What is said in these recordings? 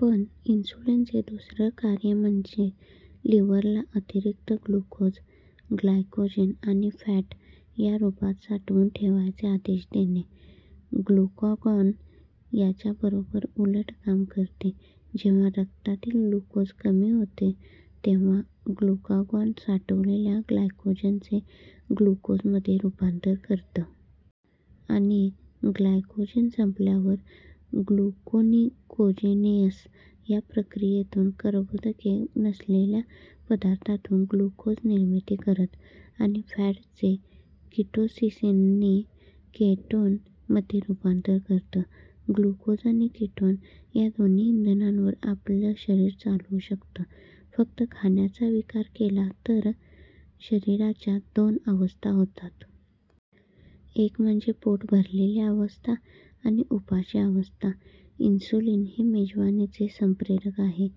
पण इन्सुलिनचे दुसरे कार्य म्हणजे लिव्हर ला अतिरिक्त ग्लुकोज, ग्लायकोजेन आणि फॅट या रूपात साठवून ठेवायचे आदेश देणे. ग्लुकागॉन याच्या बरोब्बर उलट काम करतं. जेव्हा रक्तातील ग्लुकोज कमी होतं तेव्हा ग्लुकागॉन साठवलेल्या ग्लायकोजेनचे ग्लुकोज मध्ये रूपांतर करतं. आणि ग्लायकोजेन संपल्यावर ग्लुकोनियोजेनेसिस या प्रक्रियेतून कर्बोदके नसलेल्या पदार्थातून ग्लुकोज निर्मिती करतं. आणि फॅटचे किटोसिसनी केटोन मध्ये रूपांतर करतं. ग्लुकोज आणि कीटोन या दोन्ही इंधनांवर आपलं शरीर चालू शकतं. फक्त खाण्याचा विचार केला तर शरीराच्या दोन अवस्था होतात. एक म्हणजे पोट भरलेली अवस्था आणि उपाशी अवस्था. इन्सुलिन हे मेजवानीचे संप्रेरक आहे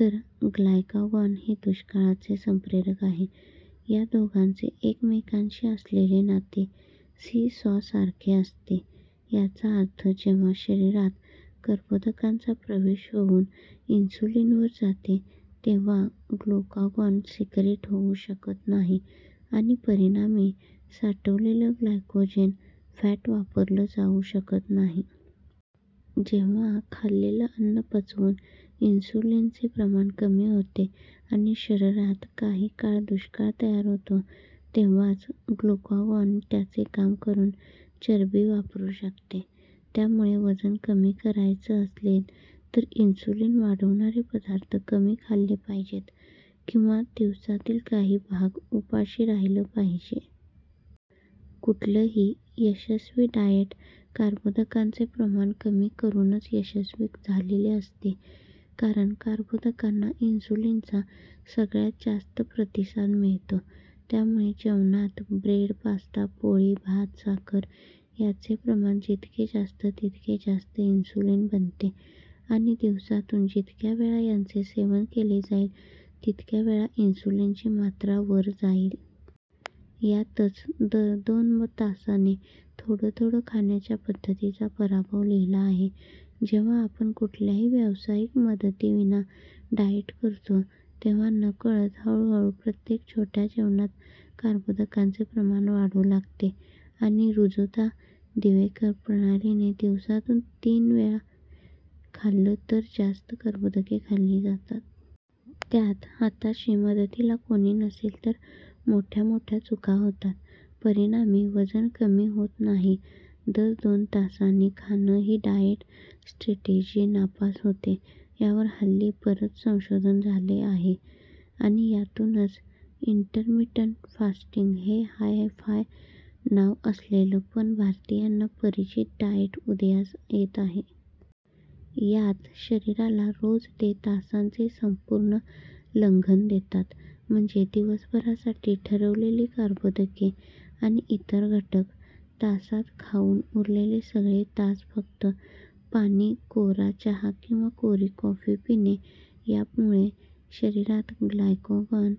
तर ग्लुकागॉन हे दुष्काळाचे संप्रेरक आहे. या दोघांचे एकमेकांशी असलेले नाते सीसॉ सारखे असते. याचा अर्थ जेव्हा शरीरात कर्बोदकांचा प्रवेश होऊन इन्सुलिन वर जाते, तेव्हा ग्लुकागॉन सिक्रीट होऊ शकत नाही आणि परिणामी साठवलेलं ग्लायकोजेन, फॅट वापरलं जाऊ शकत नाही. जेव्हा खाल्लेलं अन्न पचवून इन्सुलिन चे प्रमाण कमी होते आणि शरीरात काही काळ दुष्काळ तयार होतो, तेव्हाच ग्लुकागॉन त्याचे काम करून चरबी वापरू शकते. त्यामुळे वजन कमी करायचं असेल तर इन्सुलिन वाढवणारे पदार्थ कमी खाल्ले पाहिजेत किंवा दिवसातील काही भाग उपाशी राहिलं पाहिजे. कुठलंही यशस्वी डाएट कर्बोदकांचे प्रमाण कमी करूनच यशस्वी झालेले असते. कारण कर्बोदकांना इन्सुलिनचा सगळ्यात जास्त प्रतिसाद मिळतो. त्यामुळे जेवणात ब्रेड, पास्ता, पोळी, भात, साखर याचे प्रमाण जितके जास्त तितके जास्त इन्सुलिन बनते. आणि दिवसातून जितक्यावेळा यांचे सेवन केले जाईल तितक्या वेळा इन्सुलिनची मात्रा वर जाईल. यातच दर दोन तासाने थोडं थोडं खाण्याच्या पद्धतीचा पराभव लिहिला आहे. जेव्हा आपण कुठल्याही व्यावसायिक मदतीविना डाएट करतो तेव्हा नकळत हळू हळू प्रत्येक छोट्या जेवणात कर्बोदकांचे प्रमाण वाढू लागते. आणि ऋजुता दिवेकर प्रणालीने दिवसातून वेळा खाल्लं तर जास्त कर्बोदके खाल्ली जातात. त्यात हाताशी मदतीला कोणी नसेल तर मोठ्या मोठ्या चुका होतात. परिणामी वजन कमी होत नाही. दर दोन तासांनी खाणं ही डाएट स्ट्रॅटेजी नापास होते यावर हल्ली बरंच संशोधन झालेलं आहे. आणि यातूनच इंटरमिटंट फास्टिंग हे हाय फाय नाव असलेलं पण भारतीयांना परिचित डाएट उदयास येत आहे. यात शरीराला रोज ते तासांचे संपूर्ण लंघन देतात. म्हणजे दिवसभरासाठी ठरवलेली कर्बोदके आणि इतर घटक तासात खाऊन उरलेले सगळे तास फक्त पाणी, कोरा चहा किंवा कोरी कॉफी पिणे. यामुळे शरीरात ग्लुकागॉन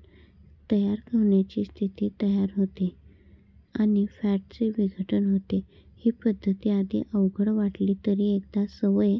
तयार होण्याची स्थिती तयार होते आणि फॅटचे विघटन होते. ही पद्धती आधी अवघड वाटली तरी एकदा सवय